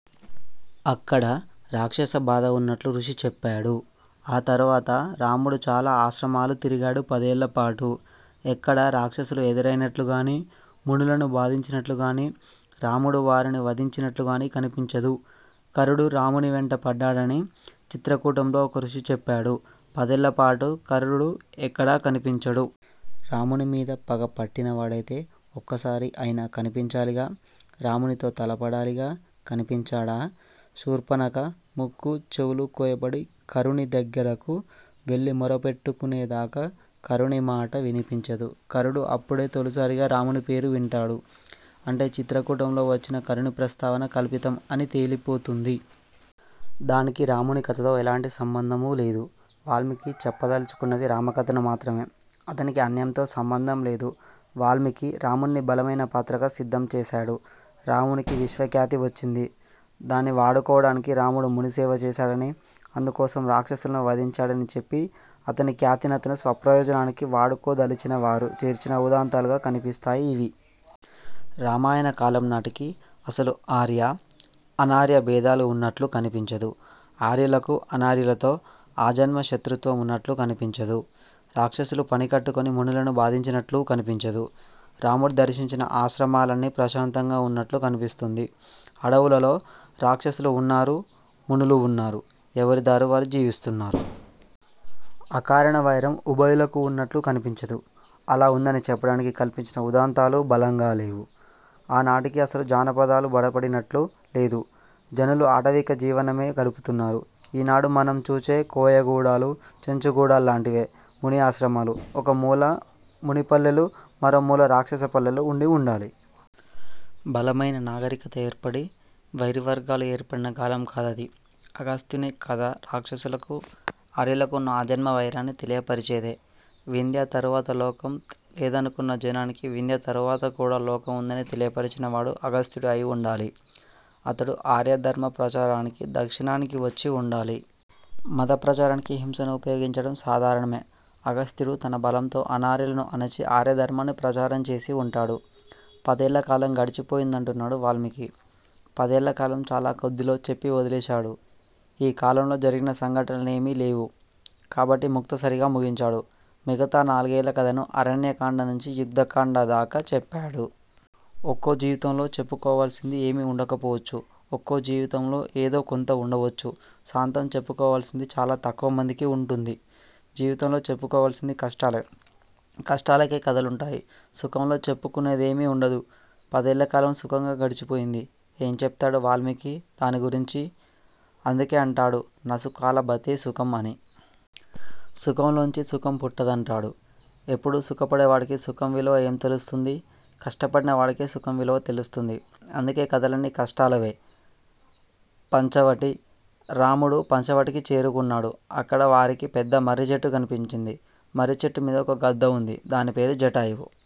అక్కడ రాక్షస బాధ ఉన్నట్లు ఋషి చెప్పాడు. ఆ తరవాత రాముడు చాల ఆశ్రమాలు తిరిగాడు పదేళ్లపాటు. ఎక్కడా రాక్షసులు ఎదురయినట్లుగాని, మునులను బాధించినట్లుగాని, రాముడు వారిని వధించినట్లుగాని కనిపించదు. ఖరుడు రామునివెంట పడ్డాడని చిత్రకూటంలో ఒక ఋషి చెప్పాడు. పదేళ్లపాటు ఖరుడు ఎక్కడా కనిపించడు. రామునిమీద పగ పట్టినవాడయితే ఒక్కసారి అయినా కనిపించాలిగా. రామునితో తలపడాలిగా. కనిపించాడా! శూర్ఫణఖ ముక్కూ, చెవులూ కోయబడి ఖరుని దగ్గరకు వెళ్లి మొరపెట్టుకనేదాకా ఖరునిమాట వినిపించదు. ఖరుడు అప్పుడే తొలిసారిగా రాముని పేరు వింటాడు. అంటే చిత్రకూటంలో వచ్చిన ఖరుని ప్రస్తావన కల్పితం అని తేలిపోతుంది. దానికి రాముని కథతో ఎలాంటి సంబంధమూలేదు. వాల్మీకి చెప్పదలచుకున్నది రామకథను మాత్రమే. అతనికి అన్యంతో సంబంధంలేదు. వాల్మీకి రాముణ్ని బలమైన పాత్రగా సిద్ధం చేశాడు. రామునికి విశ్వఖ్యాతి వచ్చింది. దాన్ని వాడుకోవడానికి రాముడు మునిసేవ చేశాడనీ, అందుకోసం రాక్షసులను వధించాడనీ చెప్పి, అతని ఖ్యాతినతను స్వప్రయోజనానికి వాడుకోదలచినవారు చేర్చిన ఉదంతాలుగా కనిపిస్తాయి ఇవి. రామాయణ కాలం నాటికి అసలు ఆర్య, అనార్య భేదాలు ఉన్నట్లు కనిపించదు. ఆర్యలకు అనార్యులతో ఆజన్మ శత్రుత్వం ఉన్నట్లు కనిపించదు. రాక్షసులు పనికట్టుకొని మునులను బాధించినట్లూ కనిపించదు. రాముడు దర్శించిన ఆశ్రమాలన్నీ ప్రశాంతంగా ఉన్నట్లు కనిపిస్తుంది. అడవులలో రాక్షసులూ ఉన్నారు, మునులు ఉన్నారు. ఎవరిదారి వారు జీవిస్తున్నారు. అకారణ వైరం ఉభయులకు ఉన్నట్లు కనిపించదు. అలా ఉందని చెప్పడానికి కల్పించిన ఉదంతాలూ బలంగాలేవు. ఆ నాటికి అసలు జానపదాలు బలపడినట్లు లేదు. జనులు ఆటవిక జీవనమే గడుపుతున్నారు. ఈనాడు మనం చూచే కోయగూడాలూ, చెంచుగూడాల్లాంటివే ముని ఆశ్రమాలు. ఒక మూల మునిపల్లెలూ, మరో మూల రాక్షస పల్లెలూ ఉండి ఉండాలి. బలమైన నాగరికత ఏర్పడి వైరివర్గాలూ ఏర్పడిన కాలం కాదది. అగస్తుని కథా రాక్షసులకూ, ఆర్యలకూ ఉన్న ఆజన్మవైరాన్ని తెలియపరిచేదే. వింధ్య తరువాత లోకం లేదనుకున్న జనానికి వింధ్య తరువాత కూడా లోకం ఉందని తెలియపరచినవాడు అగస్తుడు అయిఉండాలి. అతడు ఆర్యధర్మ ప్రచారానికి దక్షిణానికి వచ్చి ఉండాలి. మత ప్రచారానికి హింసను ఉపయోగించడం సాధారణమే. అగస్త్యుడూ తన బలంతో అనార్యులను అణచి ఆర్య ధర్మాన్ని ప్రచారం చేసిఉంటాడు. పదేళ్లకాలం గడిచిపోయిందంటున్నాడు వాల్మీకి. పదేళ్లకాలం చాల కొద్దిలో చెప్పి వదిలేశాడు. ఈ కాలంలో జరిగిన సంఘటనలేమి లేవు. కాబట్టి ముక్తసరిగా ముగించాడు. మిగతా నాలుగేళ్ల కథను అరణ్యకాండనుంచి యుద్ధకాండదాకా చెప్పాడు. ఒక్కోజీవితంలో చెప్పుకోవాల్సింది ఏమీ ఉండకపోవచ్చు. ఒక్కో జీవితంలో ఏదో కొంత ఉండవచ్చు. సాంతం చెప్పుకోవలసింది చాల తక్కువ మందికి ఉంటుంది. జీవితంలో చెప్పుకోవలిసింది కష్టాలే. కష్టాలకే కథలుంటాయి. సుఖంలో చెప్పుకునేదేమీ ఉండదు. పదేళ్లకాలం సుఖంగా గడిచిపోయింది. ఏం చెప్తాడు వాల్మీకి దాన్ని గురించి? అందుకే అంటాడు నసుఖాలభతే సుఖం అని. సుఖంలోంచి సుఖం పుట్టదంటాడు. ఎప్పుడూ సుఖపడే వాడికి సుఖం విలువ ఏం తెలుస్తుంది? కష్టపడిన వాడికే సుఖం విలువ తెలుస్తుంది. అందుకే కథలన్నీ కష్టాలవే! పంచవటి: రాముడు పంచవటికి చేరుకున్నాడు. అక్కడ వారికి పెద్దమర్రి చెట్టు కనిపించింది. మర్రిచెట్టుమీద ఒక గద్ద ఉంది. దానిపేరు జటాయువు.